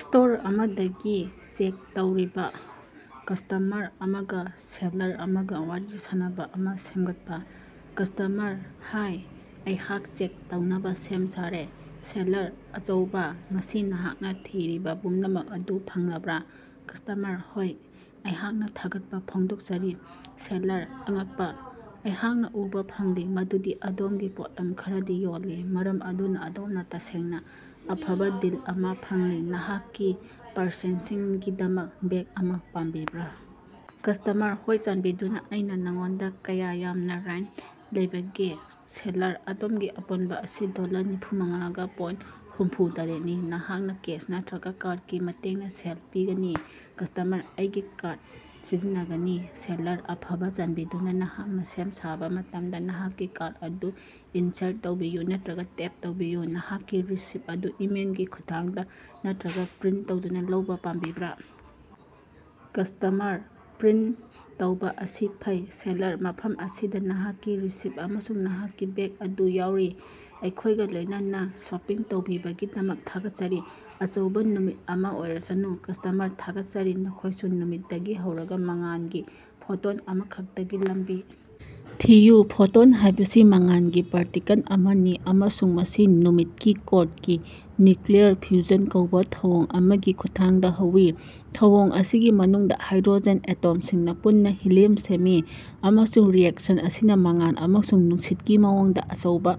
Store ꯑꯃꯗꯒꯤ check ꯇꯧꯔꯤꯕ customer ꯑꯃꯒꯥ ꯁꯦꯜꯁꯔꯁ ꯑꯃꯒ ꯋꯥꯔꯤ ꯁꯥꯅꯕ ꯑꯃꯥ ꯁꯦꯝꯒꯠꯄꯥ꯫ ꯀꯁ꯭ꯇꯃꯔ: ꯍꯥꯏ, ꯑꯩꯍꯥꯛ ꯆꯦꯛ ꯇꯧꯅꯕꯥ ꯁꯦꯝ ꯁꯥꯔꯦ꯫ ꯁꯦꯜꯁꯔꯁ: ꯑꯆꯧꯕꯥ! ꯉꯁꯤ ꯅꯍꯥꯛꯅ ꯊꯤꯔꯤꯕ ꯄꯨꯝꯅꯃꯛ ꯑꯗꯨ ꯐꯪꯂꯕ꯭ꯔꯥ? ꯀꯁ꯭ꯇꯃꯔ: ꯍꯣꯏ, ꯑꯩꯍꯥꯛꯅ ꯊꯥꯒꯠꯄ ꯐꯣꯡꯗꯣꯛꯆꯔꯤ꯫ ꯁꯦꯂꯁꯔꯁ: ꯑꯉꯛꯄꯥ꯫ ꯑꯩꯍꯥꯛꯅ ꯎꯕꯥ ꯐꯪꯂꯤ ꯃꯗꯨꯗꯤ ꯑꯗꯣꯝꯒꯤ ꯄꯣꯠꯂꯝ ꯈꯔꯗꯤ ꯌꯣꯜꯂꯤ, ꯃꯔꯝ ꯑꯗꯨꯅ ꯑꯗꯣꯝꯅꯥ ꯇꯁꯦꯡꯅ ꯑꯐꯕꯥ ꯗꯤꯜ ꯑꯃꯥ ꯐꯪꯂꯤ꯫ ꯅꯍꯥꯛꯀꯤ ꯄꯔꯆꯦꯖꯁꯤꯡꯒꯤꯗꯃꯛ ꯕꯦꯒ ꯑꯃꯥ ꯄꯥꯝꯕꯤꯕ꯭ꯔꯥ? ꯀꯁ꯭ꯇꯃꯔ: ꯍꯣꯏ, ꯆꯥꯟꯕꯤꯗꯨꯅ꯫ ꯑꯩꯅ ꯅꯉꯣꯟꯗ ꯀꯌꯥ ꯌꯥꯝꯅ ꯔ꯭ꯏꯟ ꯂꯩꯕꯒꯦ? ꯁꯦꯂꯁꯔꯁ: ꯑꯗꯣꯝꯒꯤ ꯑꯄꯨꯟꯕ ꯑꯁꯤ ꯗꯣꯂꯔ ꯅꯤꯐꯨꯃꯉꯥꯒ ꯄ‌ꯣꯏꯟ ꯍꯨꯝꯐꯨꯇꯔ‌ꯦꯠꯅꯤ꯫ ꯅꯍꯥꯛꯅꯥ ꯀꯦꯁ ꯅꯠꯇꯔꯒ ꯀꯥꯔꯗꯀꯤ ꯃꯇꯦꯡꯅ ꯁꯦꯜ ꯄꯤꯒꯅꯤ? ꯀꯁ꯭ꯇꯃꯔ: ꯑꯩꯒꯤ ꯀꯥꯔꯗ ꯁꯤꯖꯤꯟꯅꯒꯅꯤ꯫ ꯁꯦꯜꯁꯔꯁ: ꯑꯐꯕ, ꯆꯥꯟꯕꯤꯗꯨꯅ ꯅꯍꯥꯛꯅ ꯁꯦꯝ ꯁꯥꯕ ꯃꯇꯝꯗ ꯅꯍꯥꯛꯀꯤ ꯀꯥꯔꯗ ꯑꯗꯨ ꯏꯟꯁꯥꯔꯠ ꯇꯧꯕꯤꯌꯨ ꯅꯠꯇꯔꯒꯥ ꯇꯦꯞ ꯇꯧꯕꯤꯌꯨ꯫ ꯅꯍꯥꯛꯀꯤ ꯔꯤꯁꯤꯞꯠ ꯑꯗꯨ ꯏꯃꯦꯏꯜꯒꯤ ꯈꯨꯠꯊꯥꯡꯗ ꯅꯠꯇꯔꯒ ꯄ꯭ꯔꯤꯟꯠ ꯇꯧꯗꯨꯅ ꯂꯧꯕꯥ ꯄꯥꯝꯕꯤꯕ꯭ꯔꯥ? ꯀꯁ꯭ꯇꯃꯔ: ꯄ꯭ꯔꯤꯟꯇ ꯇꯧꯕꯥ ꯑꯁꯤ ꯐꯩ꯫ ꯁꯦꯜꯁꯔꯁ: ꯃꯐꯝ ꯑꯁꯤꯗ ꯅꯍꯥꯛꯀꯤ ꯔꯤꯁꯤꯞꯠ ꯑꯃꯁꯨꯡ ꯅꯍꯥꯛꯀꯤ ꯕꯦꯒ ꯑꯗꯨ ꯌꯥꯎꯔꯤ꯫ ꯑꯩꯈꯣꯏꯒ ꯂꯣꯏꯅꯅꯥ ꯁꯣꯄꯤꯡ ꯇꯧꯕꯤꯕꯒꯤꯗꯃꯛ ꯊꯥꯒꯠꯆꯔꯤ, ꯑꯆꯧꯕꯥ ꯅꯨꯃꯤꯠ ꯑꯃꯥ ꯑꯣꯏꯔꯁꯅꯨ! ꯀꯁ꯭ꯇꯃꯔ: ꯊꯥꯒꯠꯆꯔꯤ, ꯅꯈꯣꯏꯁꯨ! ꯅꯨꯃꯤꯠꯇꯒꯤ ꯍꯧꯔꯒ ꯃꯉꯥꯜꯒꯤ ꯐꯣꯇꯣꯟ ꯑꯃꯈꯛꯇꯒꯤ ꯂꯝꯕꯤ ꯊꯤꯌꯨ꯫ ꯐꯣꯇꯣꯟ ꯍꯥꯏꯕꯁꯤ ꯃꯉꯥꯜꯒꯤ ꯄꯥꯔꯇꯤꯀꯜ ꯑꯃꯅꯤ, ꯑꯃꯁꯨꯡ ꯃꯁꯤ ꯅꯨꯃꯤꯠꯀꯤ ꯀꯣꯔꯗꯒꯤ ꯅ꯭ꯌꯨꯀꯂꯤꯌꯔ ꯐ꯭ꯌꯨꯖꯟ ꯀꯧꯕꯥ ꯊꯧꯑꯣꯡ ꯑꯃꯒꯤ ꯈꯨꯠꯊꯥꯡꯗ ꯍꯧꯏ꯫ ꯊꯧꯑꯣꯡ ꯑꯁꯤꯒꯤ ꯃꯅꯨꯡꯗ ꯍꯥꯏꯗ꯭ꯔꯣꯖꯦꯟ ꯑꯦꯇꯣꯝꯁꯤꯡꯅꯥ ꯄꯨꯟꯅꯥ ꯍꯤꯂꯤꯌꯝ ꯁꯦꯝꯃꯤ, ꯑꯃꯁꯨꯡ ꯔꯤꯑꯦꯛꯁꯟ ꯑꯁꯤꯅꯥ ꯃꯉꯥꯜ ꯑꯃꯁꯨꯡ ꯅꯨꯡꯁꯤꯠꯀꯤ ꯃꯑꯣꯡꯗ ꯑꯆꯧꯕꯥ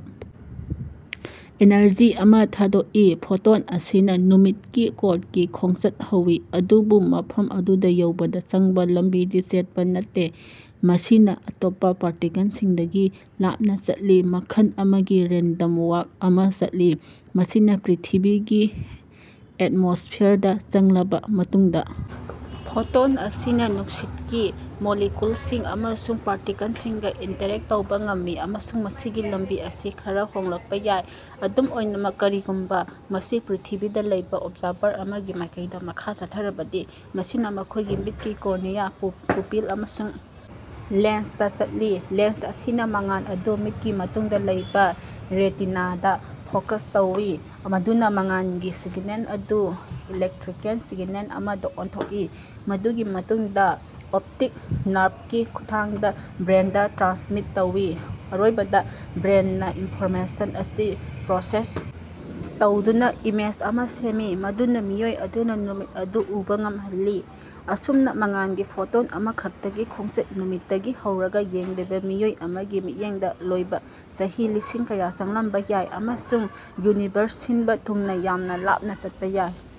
ꯑꯦꯅꯔꯖꯤ ꯑꯃꯥ ꯊꯥꯗꯣꯛꯏ꯫ ꯐꯣꯇꯣꯟ ꯑꯁꯤꯅꯥ ꯅꯨꯃꯤꯠꯀꯤ ꯀꯣꯔꯗꯒꯤ ꯈꯣꯡꯆꯠ ꯍꯧꯏ, ꯑꯗꯨꯕꯨ ꯃꯐꯝ ꯑꯗꯨꯗꯥ ꯌꯧꯕꯗ ꯆꯪꯕ ꯂꯝꯕꯤꯗꯤ ꯆꯦꯠꯄꯥ ꯅꯠꯇꯦ꯫ ꯃꯁꯤꯅꯥ ꯑꯇꯣꯞꯄ ꯄꯥꯔꯇꯤꯀꯜꯁꯤꯡꯗꯒꯤ ꯂꯥꯞꯅ ꯆꯠꯂꯤ, ꯃꯈꯜ ꯑꯃꯒꯤ ꯔꯦꯟꯗꯝ ꯋꯥꯛ꯭ꯔ ꯑꯃꯥ ꯆꯠꯂꯤ꯫ ꯃꯁꯤꯅ ꯄ꯭ꯔꯤꯊꯤꯕꯤꯒꯤ ꯑꯦꯇꯃꯣꯁ꯭ꯐꯤꯌꯔꯗꯥ ꯆꯪꯂꯕ ꯃꯇꯨꯡꯗ ꯐꯣꯇꯣꯟ ꯑꯁꯤꯅ ꯅꯨꯡꯁꯤꯠꯀꯤ ꯃꯣꯂꯤꯀꯌꯨꯜꯁꯤꯡ ꯑꯃꯁꯨꯡ ꯄꯥꯔꯇꯤꯀꯜꯁꯤꯡꯒ ꯏꯟꯇꯔꯦꯛꯇ ꯇꯧꯕ ꯉꯝꯃꯤ, ꯑꯃꯁꯨꯡ ꯃꯁꯤꯒꯤ ꯂꯝꯕꯤ ꯑꯁꯤ ꯈꯔꯥ ꯍꯣꯡꯂꯛꯄꯥ ꯌꯥꯏ꯫ ꯑꯗꯨꯝ ꯑꯣꯏꯅꯃꯛ, ꯀꯔꯤꯒꯨꯝꯕ ꯃꯁꯤ ꯄ꯭ꯔꯤꯊꯤꯕꯤꯗ ꯂꯩꯕ ꯑꯣꯕꯖꯥꯔꯚꯔ ꯑꯃꯒꯤ ꯃꯥꯏꯀꯩꯗꯥ ꯃꯈꯥ ꯆꯠꯊꯔꯕꯗꯤ, ꯃꯁꯤꯅꯥ ꯃꯈꯣꯏꯒꯤ ꯃꯤꯠꯀꯤ ꯀꯣꯔꯅꯤꯌꯥ, ꯄꯨꯄꯤꯜ ꯑꯃꯁꯨꯡ ꯂꯦꯟꯁꯇꯥ ꯆꯠꯂꯤ꯫ ꯂꯦꯟꯁ ꯑꯁꯤꯅꯥ ꯃꯉꯥꯜ ꯑꯗꯨ ꯃꯤꯠꯀꯤ ꯃꯇꯨꯡꯗ ꯂꯩꯕ ꯔꯦꯇꯤꯅꯥꯗꯥ ꯐꯣꯀꯁ ꯇꯧꯏ, ꯃꯗꯨꯅ ꯃꯉꯥꯜꯒꯤ ꯁꯤꯒꯅꯦꯜ ꯑꯗꯨ ꯏꯂꯦꯛꯇꯔꯤꯀꯦꯜ ꯁꯤꯒꯅꯦꯜ ꯑꯃꯗ ꯑꯣꯟꯊꯣꯛꯏ, ꯃꯗꯨꯒꯤ ꯃꯇꯨꯡꯗ ꯑꯣꯞꯇꯤꯛ ꯅꯔꯚꯀꯤ ꯈꯨꯠꯊꯥꯡꯗ ꯕ꯭ꯔ‌ꯦꯟꯗꯥ ꯇ꯭ꯔꯥꯟꯁꯃꯤꯠ ꯇꯧꯏ꯫ ꯑꯔꯣꯏꯕꯗ, ꯕ꯭ꯔꯦꯟꯅꯥ ꯏꯟꯐꯣꯔꯃꯦꯁꯟ ꯑꯁꯤ ꯄ꯭ꯔꯣꯁꯦꯁ ꯇꯧꯗꯨꯅ ꯏꯃꯦꯖ ꯑꯃꯥ ꯁꯦꯝꯃꯤ, ꯃꯗꯨꯅ ꯃꯤꯑꯣꯏ ꯑꯗꯨꯅꯥ ꯅꯨꯃꯤꯠ ꯑꯗꯨ ꯎꯕ ꯉꯝꯍꯜꯂꯤ꯫ ꯑꯁꯨꯝꯅ, ꯃꯉꯥꯜꯒꯤ ꯐꯣꯇꯣꯟ ꯑꯃꯈꯛꯇꯒꯤ ꯈꯣꯡꯆꯠ, ꯅꯨꯃꯤꯠꯇꯒꯤ ꯍꯧꯔꯒꯥ, ꯌꯦꯡꯂꯤꯕꯥ ꯃꯤꯑꯣꯏ ꯑꯃꯒꯤ ꯃꯤꯠꯌꯦꯡꯗ ꯂꯣꯏꯕꯥ, ꯆꯍꯤ ꯂꯤꯁꯤꯡ ꯀꯌꯥ ꯆꯪꯂꯝꯕ ꯌꯥꯏ ꯑꯃꯁꯨꯡ ꯌꯨꯅꯤꯚꯔꯁ ꯁꯤꯟꯕ ꯊꯨꯡꯅ ꯌꯥꯝꯅ ꯂꯥꯞꯅ ꯆꯠꯄꯥ ꯌꯥꯏ꯫